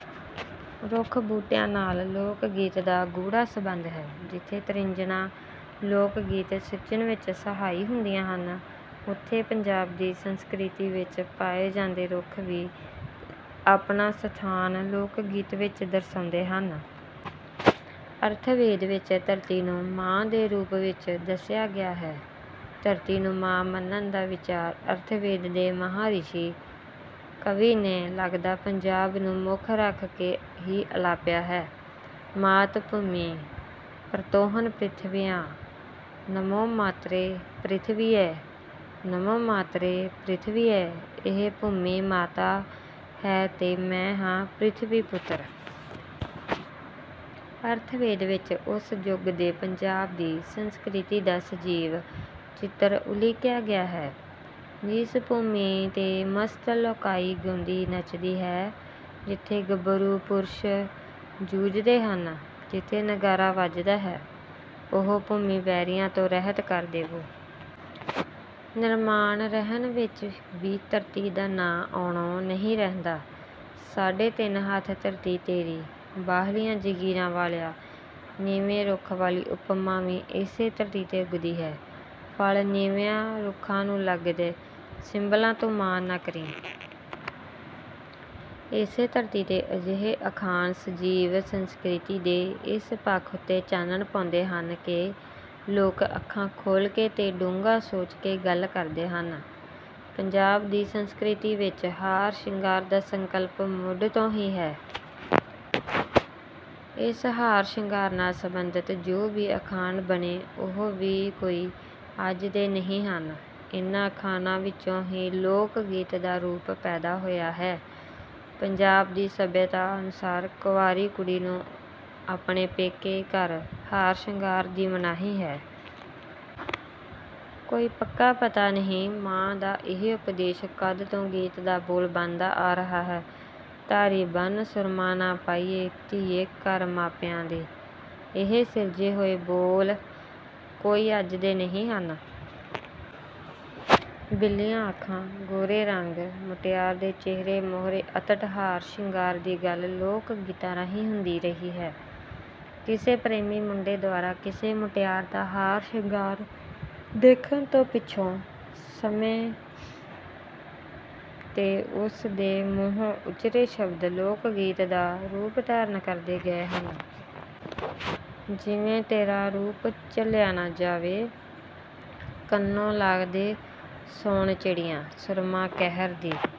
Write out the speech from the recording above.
ਰੁੱਖ ਬੂਟਿਆਂ ਨਾਲ ਲੋਕ ਗੀਤ ਦਾ ਗੂੜਾ ਸੰਬੰਧ ਹੈ। ਜਿੱਥੇ ਤ੍ਰਿਜਣਾਂ ਲੋਕ ਗੀਤ ਸਿਰਜਣ ਵਿੱਚ ਸਹਾਈ ਹੁੰਦੀਆਂ ਹਨ, ਉੱਥੇ ਪੰਜਾਬ ਦੀ ਸੰਸਕ੍ਰਿਤੀ ਵਿੱਚ ਪਾਏ ਜਾਂਦੇ ਰੁੱਖ ਵੀ ਆਪਣਾ ਸਥਾਨ ਲੋਕ ਗੀਤ ਵਿੱਚ ਦਰਸਾਉਂਦੇ ਹਨ। ਅਥਰਵੇਦ ਵਿੱਚ ਧਰਤੀ ਨੂੰ ਮਾਂ ਦੇ ਰੂਪ ਵਿੱਚ ਦੱਸਿਆ ਗਿਆ ਹੈ। ਧਰਤੀ ਨੂੰ ਮਾਂ ਮੰਨਣ ਦਾ ਵਿਚਾਰ ਅਥਰਵੇਦ ਦੇ ਮਹਾਂ ਰਿਸ਼ੀ ਕਵੀ ਨੇ ਲਗਦਾ ਪੰਜਾਬ ਨੂੰ ਮੁੱਖ ਰੱਖ ਕੇ ਹੀ ਅਲਾਪਿਆ ਸੀ: 'ਮਾਤਾ ਭੂਮਿ ਪੁਤ੍ਰੋਹੰ ਪ੍ਰਿਥਿਵਿਆਂ, ਨਮੋ ਮਾਤ੍ਰੇ ਪ੍ਰਿਥਿਵਯੈ, ਨਮੋ ਮਾਤ੍ਰੇ ਪ੍ਰਿਥਿਵਯੈ' ਇਹ ਭੂਮੀ ਮਾਤਾ ਹੈ ਤੇ ਮੈਂ ਹਾਂ ਪ੍ਰਿਥਵੀ ਪੁੱਤਰ। ਅਥਰਵੇਦ ਵਿੱਚ ਉਸ ਯੁਗ ਦੇ ਪੰਜਾਬ ਦੀ ਸੰਸਕ੍ਰਿਤੀ ਦਾ ਸਜੀਵ ਚਿੱਤਰ ਉਲੀਕਿਆ ਗਿਆ ਹੈ: 'ਜਿਸ ਭੂਮੀ ਤੇ ਮਸਤ ਲੋਕਾਈ ਗਾਉਂਦੀ ਨੱਚਦੀ ਹੈ, ਜਿੱਥੇ ਗੱਭਰੂ ਪੁਰਸ਼ ਜੂਝਦੇ ਹਨ, ਜਿੱਥੇ ਨਗਾਰਾ ਵੱਜਦਾ ਹੈ, ਉਹ ਭੂਮੀ ਵੈਰੀਆਂ ਤੋਂ ਰਹਿਤ ਕਰ ਦੇਵੋ।' ਨਿਰਮਾਣ ਰਹਿਣ ਵਿੱਚ ਵੀ ਧਰਤੀ ਦਾ ਨਾਂ ਆਉਣੋਂ ਨਹੀਂ ਰਹਿੰਦਾ: ਸਾਢੇ ਤਿੰਨ ਹੱਥ ਧਰਤੀ ਤੇਰੀ, ਬਾਹਲੀਆਂ ਜਗੀਰਾਂ ਵਾਲਿਆ। ਨੀਵੇਂ ਰੁੱਖ ਵਾਲੀ ਉਪਮਾ ਵੀ ਇਸੇ ਧਰਤੀ ਤੇ ਉਗਦੀ ਹੈ: ਫਲ ਨੀਵਿਆਂ ਰੁੱਖਾਂ ਨੂੰ ਲੱਗਦੇ, ਸਿੰਬਲਾ ਤੂੰ ਮਾਣ ਨਾ ਕਰੀਂ। ਇਸੇ ਧਰਤੀ ਤੇ ਅਜਿਹੇ ਅਖਾਣ ਸਜੀਵ ਸੰਸਕ੍ਰਿਤੀ ਦੇ ਇਸ ਪੱਖ ਉੱਤੇ ਚਾਨਣ ਪਾਉਂਦੇ ਹਨ ਕਿ ਲੋਕ ਅੱਖਾਂ ਖੋਲ੍ਹ ਕੇ ਤੇ ਡੂੰਘਾ ਸੋਚ ਕੇ ਗੱਲ ਕਰਦੇ ਹਨ। ਪੰਜਾਬ ਦੀ ਸੰਸਕ੍ਰਿਤੀ ਵਿੱਚ ਹਾਰ ਸ਼ਿੰਗਾਰ ਦਾ ਸੰਕਲਪ ਮੁੱਢ ਤੋਂ ਹੀ ਹੈ। ਇਸ ਹਾਰ ਸ਼ਿੰਗਾਰ ਨਾਲ ਸੰਬੰਧਿਤ ਜੋ ਵੀ ਅਖਾਣ ਬਣੇ ਉਹ ਵੀ ਕੋਈ ਅੱਜ ਦੇ ਨਹੀਂ ਹਨ। ਇਨ੍ਹਾਂ ਅਖਾਣਾਂ ਵਿੱਚੋਂ ਹੀ ਲੋਕ ਗੀਤ ਦਾ ਰੂਪ ਪੈਦਾ ਹੋਇਆ ਹੈ। ਪੰਜਾਬ ਦੀ ਸੱਭਿਅਤਾ ਅਨੁਸਾਰ ਕੁਆਰੀ ਕੁੜੀ ਨੂੰ ਆਪਣੇ ਪੇਕੇ ਘਰ ਹਾਰ ਸ਼ਿੰਗਾਰ ਦੀ ਮਨਾਹੀ ਹੈ। ਕੋਈ ਪੱਕਾ ਪਤਾ ਨਹੀਂ ਮਾਂ ਦਾ ਇਹ ਉਪਦੇਸ਼ ਕਦ ਤੋਂ ਗੀਤ ਦਾ ਬੋਲ ਬਣਦਾ ਆ ਰਿਹਾ ਹੈ: 'ਧਾਰੀ ਬੰਨ੍ਹ ਸੁਰਮਾਂ ਨਾ ਪਾਈਏ, ਧੀਏ ਘਰ ਮਾਪਿਆਂ ਦੇ।' ਇਹ ਸਿਰਜੇ ਹੋਏ ਬੋਲ ਕੋਈ ਅੱਜ ਦੇ ਨਹੀਂ ਹਨ। ਬਿੱਲੀਆਂ ਅੱਖਾਂ, ਗੋਰੇ ਰੰਗ, ਮੁਟਿਆਰ ਦੇ ਚਿਹਰੇ ਮੋਹਰੇ ਅਤਟ ਹਾਰ ਸ਼ਿੰਗਾਰ ਦੀ ਗੱਲ ਲੋਕ ਗੀਤਾਂ ਰਾਹੀਂ ਹੁੰਦੀ ਰਹੀ ਹੈ। ਕਿਸੇ ਪ੍ਰੇਮੀ ਮੁੰਡੇ ਦੁਆਰਾ ਕਿਸੇ ਮੁਟਿਆਰ ਦਾ ਹਾਰ ਸ਼ਿੰਗਾਰ ਦੇਖਣ ਤੋਂ ਪਿੱਛੋਂ ਸਮੇਂ ਤੇ ਉਸ ਦੇ ਮੂੰਹੋਂ ਉਚਰੇ ਸ਼ਬਦ ਲੋਕ ਗੀਤ ਦਾ ਰੂਪ ਧਾਰਨ ਕਰਦੇ ਗਏ ਹਨ। ਜਿਵੇਂ: ਤੇਰਾ ਰੂਪ ਝੱਲਿਆ ਨਾ ਜਾਵੇ, ਕੰਨੋਂ ਲਾ ਦੇ ਸੋਨ ਚਿੜੀਆਂ, ਸੁਰਮਾ ਕਹਿਰ ਦੀ